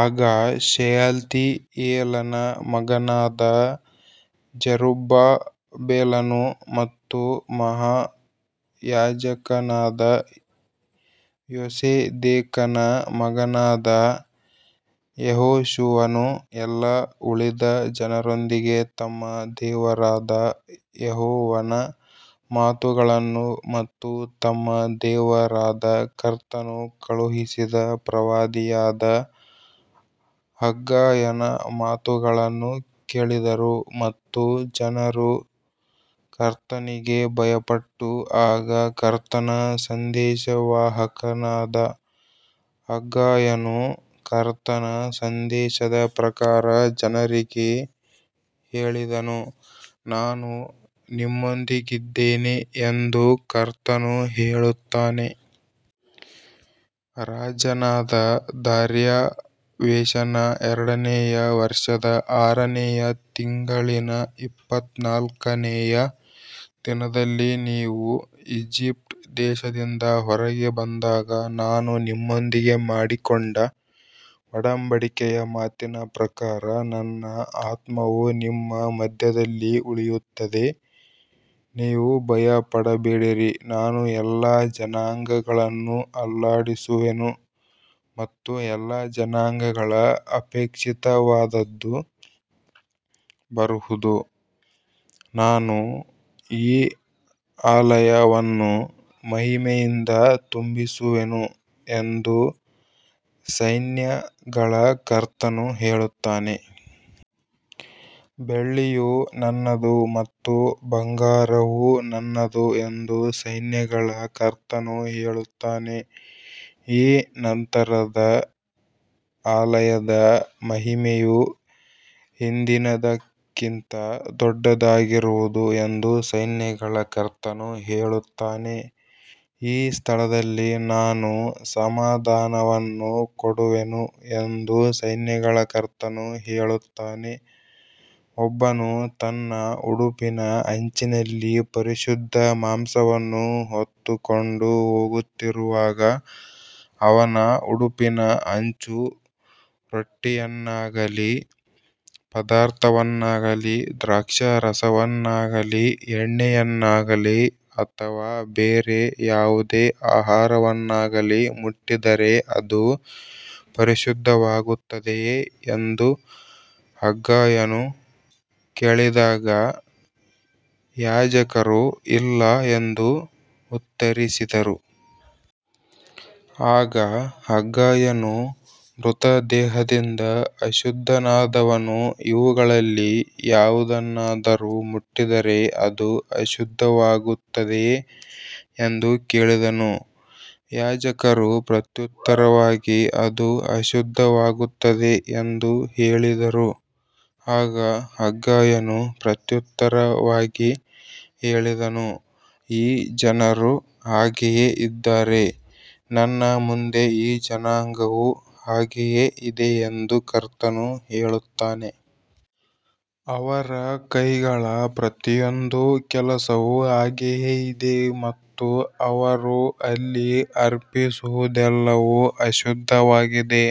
ಆಗ ಶೆಯಲ್ತೀಯೇಲನ ಮಗನಾದ ಜೆರುಬ್ಬಾಬೆಲನು ಮತ್ತು ಮಹಾಯಾಜಕನಾದ ಯೋಸೇದೇಕನ ಮಗನಾದ ಯೆಹೋಶುವನು ಎಲ್ಲಾ ಉಳಿದ ಜನರೊಂದಿಗೆ ತಮ್ಮ ದೇವರಾದ ಯೆಹೋವನ ಮಾತುಗಳನ್ನು ಮತ್ತು ತಮ್ಮ ದೇವರಾದ ಕರ್ತನು ಕಳುಹಿಸಿದ ಪ್ರವಾದಿಯಾದ ಹಗ್ಗಾಯನ ಮಾತುಗಳನ್ನು ಕೇಳಿದರು ಮತ್ತು ಜನರು ಕರ್ತನಿಗೆ ಭಯಪಟ್ಟರು. ಆಗ ಕರ್ತನ ಸಂದೇಶವಾಹಕನಾದ ಹಗ್ಗಾಯನು ಕರ್ತನ ಸಂದೇಶದ ಪ್ರಕಾರ ಜನರಿಗೆ ಹೇಳಿದನು, ನಾನು ನಿಮ್ಮೊಂದಿಗಿದ್ದೇನೆ ಎಂದು ಕರ್ತನು ಹೇಳುತ್ತಾನೆ. ರಾಜನಾದ ದಾರ್ಯಾವೇಶನ ಎರಡನೆಯ ವರ್ಷದ ಆರನೆಯ ತಿಂಗಳಿನ ಇಪ್ಪತ್ತನಾಲ್ಕನೆಯ ದಿನದಲ್ಲಿ, ನೀವು ಈಜಿಪ್ಟ್ ದೇಶದಿಂದ ಹೊರಗೆ ಬಂದಾಗ ನಾನು ನಿಮ್ಮೊಂದಿಗೆ ಮಾಡಿಕೊಂಡ ಒಡಂಬಡಿಕೆಯ ಮಾತಿನ ಪ್ರಕಾರ ನನ್ನ ಆತ್ಮವು ನಿಮ್ಮ ಮಧ್ಯದಲ್ಲಿ ಉಳಿಯುತ್ತದೆ, ನೀವು ಭಯಪಡಬೇಡಿರಿ. ನಾನು ಎಲ್ಲಾ ಜನಾಂಗಗಳನ್ನು ಅಲ್ಲಾಡಿಸುವೆನು ಮತ್ತು ಎಲ್ಲಾ ಜನಾಂಗಗಳ ಅಪೇಕ್ಷಿತವಾದದ್ದು ಬರುವುದು, ನಾನು ಈ ಆಲಯವನ್ನು ಮಹಿಮೆಯಿಂದ ತುಂಬಿಸುವೆನು ಎಂದು ಸೈನ್ಯಗಳ ಕರ್ತನು ಹೇಳುತ್ತಾನೆ. ಬೆಳ್ಳಿಯು ನನ್ನದು ಮತ್ತು ಬಂಗಾರವೂ ನನ್ನದು ಎಂದು ಸೈನ್ಯಗಳ ಕರ್ತನು ಹೇಳುತ್ತಾನೆ. ಈ ನಂತರದ ಆಲಯದ ಮಹಿಮೆಯು ಹಿಂದಿನದಕ್ಕಿಂತ ದೊಡ್ಡದಾಗಿರುವುದು ಎಂದು ಸೈನ್ಯಗಳ ಕರ್ತನು ಹೇಳುತ್ತಾನೆ. ಈ ಸ್ಥಳದಲ್ಲಿ ನಾನು ಸಮಾಧಾನವನ್ನು ಕೊಡುವೆನು ಎಂದು ಸೈನ್ಯಗಳ ಕರ್ತನು ಹೇಳುತ್ತಾನೆ. ಒಬ್ಬನು ತನ್ನ ಉಡುಪಿನ ಅಂಚಿನಲ್ಲಿ ಪರಿಶುದ್ಧ ಮಾಂಸವನ್ನು ಹೊತ್ತುಕೊಂಡು ಹೋಗುತ್ತಿರುವಾಗ, ಅವನ ಉಡುಪಿನ ಅಂಚು ರೊಟ್ಟಿಯನ್ನಾಗಲಿ, ಪದಾರ್ಥವನ್ನಾಗಲಿ, ದ್ರಾಕ್ಷಾರಸವನ್ನಾಗಲಿ, ಎಣ್ಣೆಯನ್ನಾಗಲಿ ಅಥವಾ ಬೇರೆ ಯಾವುದೇ ಆಹಾರವನ್ನಾಗಲಿ ಮುಟ್ಟಿದರೆ ಅದು ಪರಿಶುದ್ಧವಾಗುತ್ತದೆಯೇ ಎಂದು ಹಗ್ಗಾಯನು ಕೇಳಿದಾಗ ಯಾಜಕರು ಇಲ್ಲ ಎಂದು ಉತ್ತರಿಸಿದರು. ಆಗ ಹಗ್ಗಾಯನು, ಮೃತದೇಹದಿಂದ ಅಶುದ್ಧನಾದವನು ಇವುಗಳಲ್ಲಿ ಯಾವುದನ್ನಾದರೂ ಮುಟ್ಟಿದರೆ ಅದು ಅಶುದ್ಧವಾಗುತ್ತದೆಯೇ ಎಂದು ಕೇಳಿದನು. ಯಾಜಕರು ಪ್ರತ್ಯುತ್ತರವಾಗಿ ಅದು ಅಶುದ್ಧವಾಗುತ್ತದೆ ಎಂದು ಹೇಳಿದರು. ಆಗ ಹಗ್ಗಾಯನು ಪ್ರತ್ಯುತ್ತರವಾಗಿ ಹೇಳಿದನು, ಈ ಜನರೂ ಹಾಗೆಯೇ ಇದ್ದಾರೆ, ನನ್ನ ಮುಂದೆ ಈ ಜನಾಂಗವೂ ಹಾಗೆಯೇ ಇದೆ ಎಂದು ಕರ್ತನು ಹೇಳುತ್ತಾನೆ. ಅವರ ಕೈಗಳ ಪ್ರತಿಯೊಂದು ಕೆಲಸವೂ ಹಾಗೆಯೇ ಇದೆ ಮತ್ತು ಅವರು ಅಲ್ಲಿ ಅರ್ಪಿಸುವುದೆಲ್ಲವೂ ಅಶುದ್ಧವಾಗಿದೆ.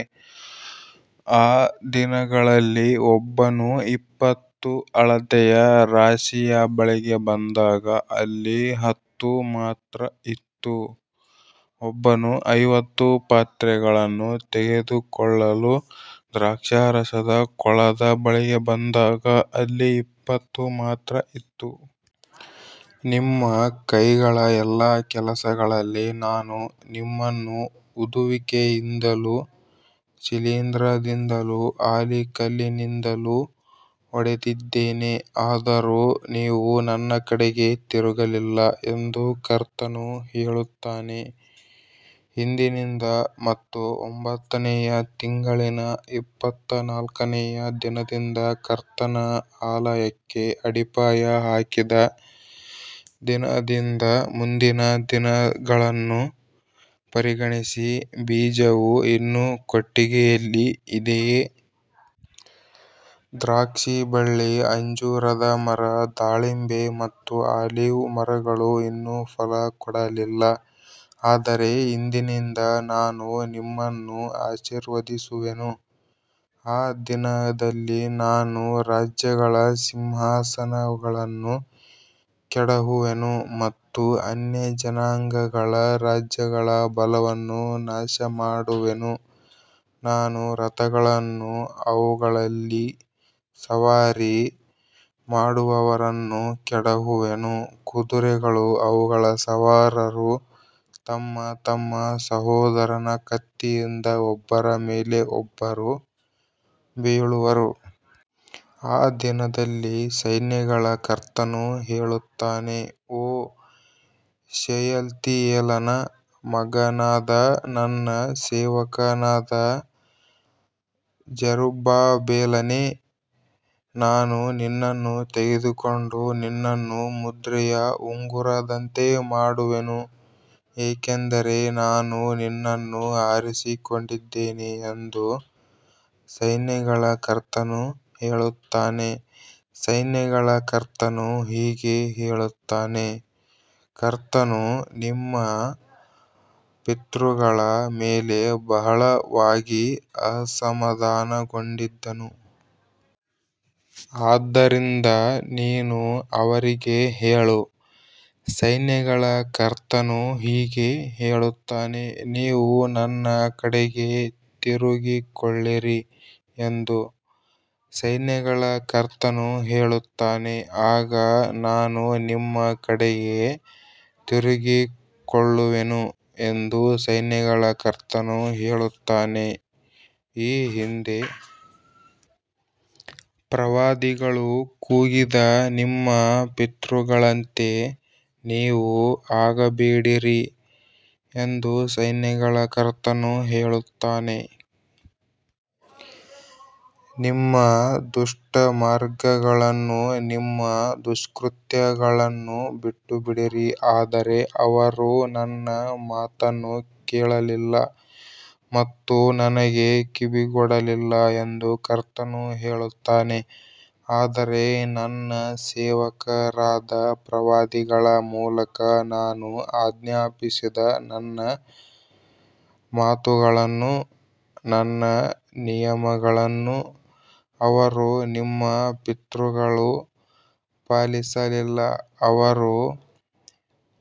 ಆ ದಿನಗಳಲ್ಲಿ ಒಬ್ಬನು ಇಪ್ಪತ್ತು ಅಳತೆಯ ರಾಶಿಯ ಬಳಿಗೆ ಬಂದಾಗ ಅಲ್ಲಿ ಹತ್ತು ಮಾತ್ರ ಇತ್ತು. ಒಬ್ಬನು ಐವತ್ತು ಪಾತ್ರೆಗಳನ್ನು ತೆಗೆದುಕೊಳ್ಳಲು ದ್ರಾಕ್ಷಾರಸದ ಕೊಳದ ಬಳಿಗೆ ಬಂದಾಗ ಅಲ್ಲಿ ಇಪ್ಪತ್ತು ಮಾತ್ರ ಇತ್ತು. ನಿಮ್ಮ ಕೈಗಳ ಎಲ್ಲಾ ಕೆಲಸಗಳಲ್ಲಿ ನಾನು ನಿಮ್ಮನ್ನು ಊದುವಿಕೆಯಿಂದಲೂ ಶಿಲೀಂಧ್ರದಿಂದಲೂ ಆಲಿಕಲ್ಲಿನಿಂದಲೂ ಹೊಡೆದಿದ್ದೇನೆ, ಆದರೂ ನೀವು ನನ್ನ ಕಡೆಗೆ ತಿರುಗಲಿಲ್ಲ ಎಂದು ಕರ್ತನು ಹೇಳುತ್ತಾನೆ. ಇಂದಿನಿಂದ ಮತ್ತು ಒಂಬತ್ತನೆಯ ತಿಂಗಳಿನ ಇಪ್ಪತ್ತನಾಲ್ಕನೆಯ ದಿನದಿಂದ, ಕರ್ತನ ಆಲಯಕ್ಕೆ ಅಡಿಪಾಯ ಹಾಕಿದ ದಿನದಿಂದ ಮುಂದಿನ ದಿನಗಳನ್ನು ಪರಿಗಣಿಸಿರಿ. ಬೀಜವು ಇನ್ನೂ ಕೊಟ್ಟಿಗೆಯಲ್ಲಿ ಇದೆಯೇ? ದ್ರಾಕ್ಷಿಬಳ್ಳಿ, ಅಂಜೂರದ ಮರ, ದಾಳಿಂಬೆ ಮತ್ತು ಆಲಿವ್ ಮರಗಳು ಇನ್ನೂ ಫಲ ಕೊಡಲಿಲ್ಲ. ಆದರೆ ಇಂದಿನಿಂದ ನಾನು ನಿಮ್ಮನ್ನು ಆಶೀರ್ವದಿಸುವೆನು. ಆ ದಿನದಲ್ಲಿ ನಾನು ರಾಜ್ಯಗಳ ಸಿಂಹಾಸನಗಳನ್ನು ಕೆಡವುವೆನು ಮತ್ತು ಅನ್ಯಜನಾಂಗಗಳ ರಾಜ್ಯಗಳ ಬಲವನ್ನು ನಾಶಮಾಡುವೆನು. ನಾನು ರಥಗಳನ್ನೂ ಅವುಗಳಲ್ಲಿ ಸವಾರಿ ಮಾಡುವವರನ್ನೂ ಕೆಡವುವೆನು. ಕುದುರೆಗಳೂ ಅವುಗಳ ಸವಾರರೂ ತಮ್ಮ ತಮ್ಮ ಸಹೋದರನ ಕತ್ತಿಯಿಂದ ಒಬ್ಬರ ಮೇಲೆ ಒಬ್ಬರು ಬೀಳುವರು. ಆ ದಿನದಲ್ಲಿ ಸೈನ್ಯಗಳ ಕರ್ತನು ಹೇಳುತ್ತಾನೆ, ಓ ಶೆಯಲ್ತೀಯೇಲನ ಮಗನಾದ ನನ್ನ ಸೇವಕನಾದ ಜೆರುಬ್ಬಾಬೆಲನೇ, ನಾನು ನಿನ್ನನ್ನು ತೆಗೆದುಕೊಂಡು ನಿನ್ನನ್ನು ಮುದ್ರೆಯ ಉಂಗುರದಂತೆ ಮಾಡುವೆನು, ಏಕೆಂದರೆ ನಾನು ನಿನ್ನನ್ನು ಆರಿಸಿಕೊಂಡಿದ್ದೇನೆ ಎಂದು ಸೈನ್ಯಗಳ ಕರ್ತನು ಹೇಳುತ್ತಾನೆ. ಸೈನ್ಯಗಳ ಕರ್ತನು ಹೀಗೆ ಹೇಳುತ್ತಾನೆ, ಕರ್ತನು ನಿಮ್ಮ ಪಿತೃಗಳ ಮೇಲೆ ಬಹಳವಾಗಿ ಅಸಮಾಧಾನಗೊಂಡಿದ್ದನು. ಆದ್ದರಿಂದ ನೀನು ಅವರಿಗೆ ಹೇಳು, ಸೈನ್ಯಗಳ ಕರ್ತನು ಹೀಗೆ ಹೇಳುತ್ತಾನೆ, ನೀವು ನನ್ನ ಕಡೆಗೆ ತಿರುಗಿಕೊಳ್ಳಿರಿ ಎಂದು ಸೈನ್ಯಗಳ ಕರ್ತನು ಹೇಳುತ್ತಾನೆ, ಆಗ ನಾನು ನಿಮ್ಮ ಕಡೆಗೆ ತಿರುಗಿಕೊಳ್ಳುವೆನು ಎಂದು ಸೈನ್ಯಗಳ ಕರ್ತನು ಹೇಳುತ್ತಾನೆ. ಈ ಹಿಂದೆ ಪ್ರವಾದಿಗಳು ಕೂಗಿದ ನಿಮ್ಮ ಪಿತೃಗಳಂತೆ ನೀವೂ ಆಗಬೇಡಿರಿ ಎಂದು ಸೈನ್ಯಗಳ ಕರ್ತನು ಹೇಳುತ್ತಾನೆ. ನಿಮ್ಮ ದುಷ್ಟ ಮಾರ್ಗಗಳನ್ನೂ ನಿಮ್ಮ ದುಷ್ಕೃತ್ಯಗಳನ್ನೂ ಬಿಟ್ಟುಬಿಡಿರಿ. ಆದರೆ ಅವರು ನನ್ನ ಮಾತನ್ನು ಕೇಳಲಿಲ್ಲ ಮತ್ತು ನನಗೆ ಕಿವಿಗೊಡಲಿಲ್ಲ ಎಂದು ಕರ್ತನು ಹೇಳುತ್ತಾನೆ. ಆದರೆ ನನ್ನ ಸೇವಕರಾದ ಪ್ರವಾದಿಗಳ ಮೂಲಕ ನಾನು ಆಜ್ಞಾಪಿಸಿದ ನನ್ನ ಮಾತುಗಳನ್ನೂ ನನ್ನ ನಿಯಮಗಳನ್ನೂ ಅವರು ನಿಮ್ಮ ಪಿತೃಗಳು ಪಾಲಿಸಲಿಲ್ಲ. ಅವರು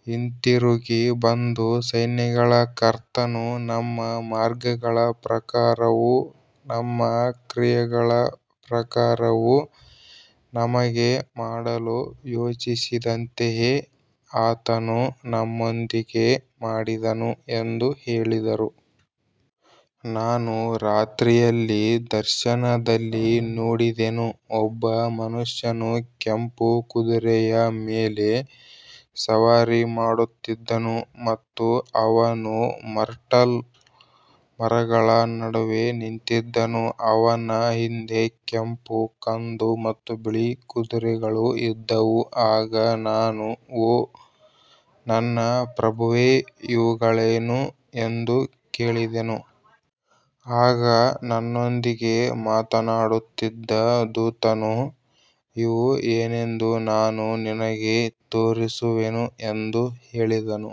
ಹಿಂತಿರುಗಿ ಬಂದು, ಸೈನ್ಯಗಳ ಕರ್ತನು ನಮ್ಮ ಮಾರ್ಗಗಳ ಪ್ರಕಾರವೂ ನಮ್ಮ ಕ್ರಿಯೆಗಳ ಪ್ರಕಾರವೂ ನಮಗೆ ಮಾಡಲು ಯೋಚಿಸಿದಂತೆಯೇ ಆತನು ನಮ್ಮೊಂದಿಗೆ ಮಾಡಿದನು ಎಂದು ಹೇಳಿದರು. ನಾನು ರಾತ್ರಿಯಲ್ಲಿ ದರ್ಶನದಲ್ಲಿ ನೋಡಿದೆನು. ಒಬ್ಬ ಮನುಷ್ಯನು ಕೆಂಪು ಕುದುರೆಯ ಮೇಲೆ ಸವಾರಿ ಮಾಡುತ್ತಿದ್ದನು ಮತ್ತು ಅವನು ಮರ್ಟಲ್ ಮರಗಳ ನಡುವೆ ನಿಂತಿದ್ದನು. ಅವನ ಹಿಂದೆ ಕೆಂಪು, ಕಂದು ಮತ್ತು ಬಿಳಿ ಕುದುರೆಗಳು ಇದ್ದವು. ಆಗ ನಾನು, ಓ ನನ್ನ ಪ್ರಭುವೇ, ಇವುಗಳೇನು ಎಂದು ಕೇಳಿದೆನು. ಆಗ ನನ್ನೊಂದಿಗೆ ಮಾತನಾಡುತ್ತಿದ್ದ ದೂತನು, ಇವು ಏನೆಂದು ನಾನು ನಿನಗೆ ತೋರಿಸುವೆನು ಎಂದು ಹೇಳಿದನು.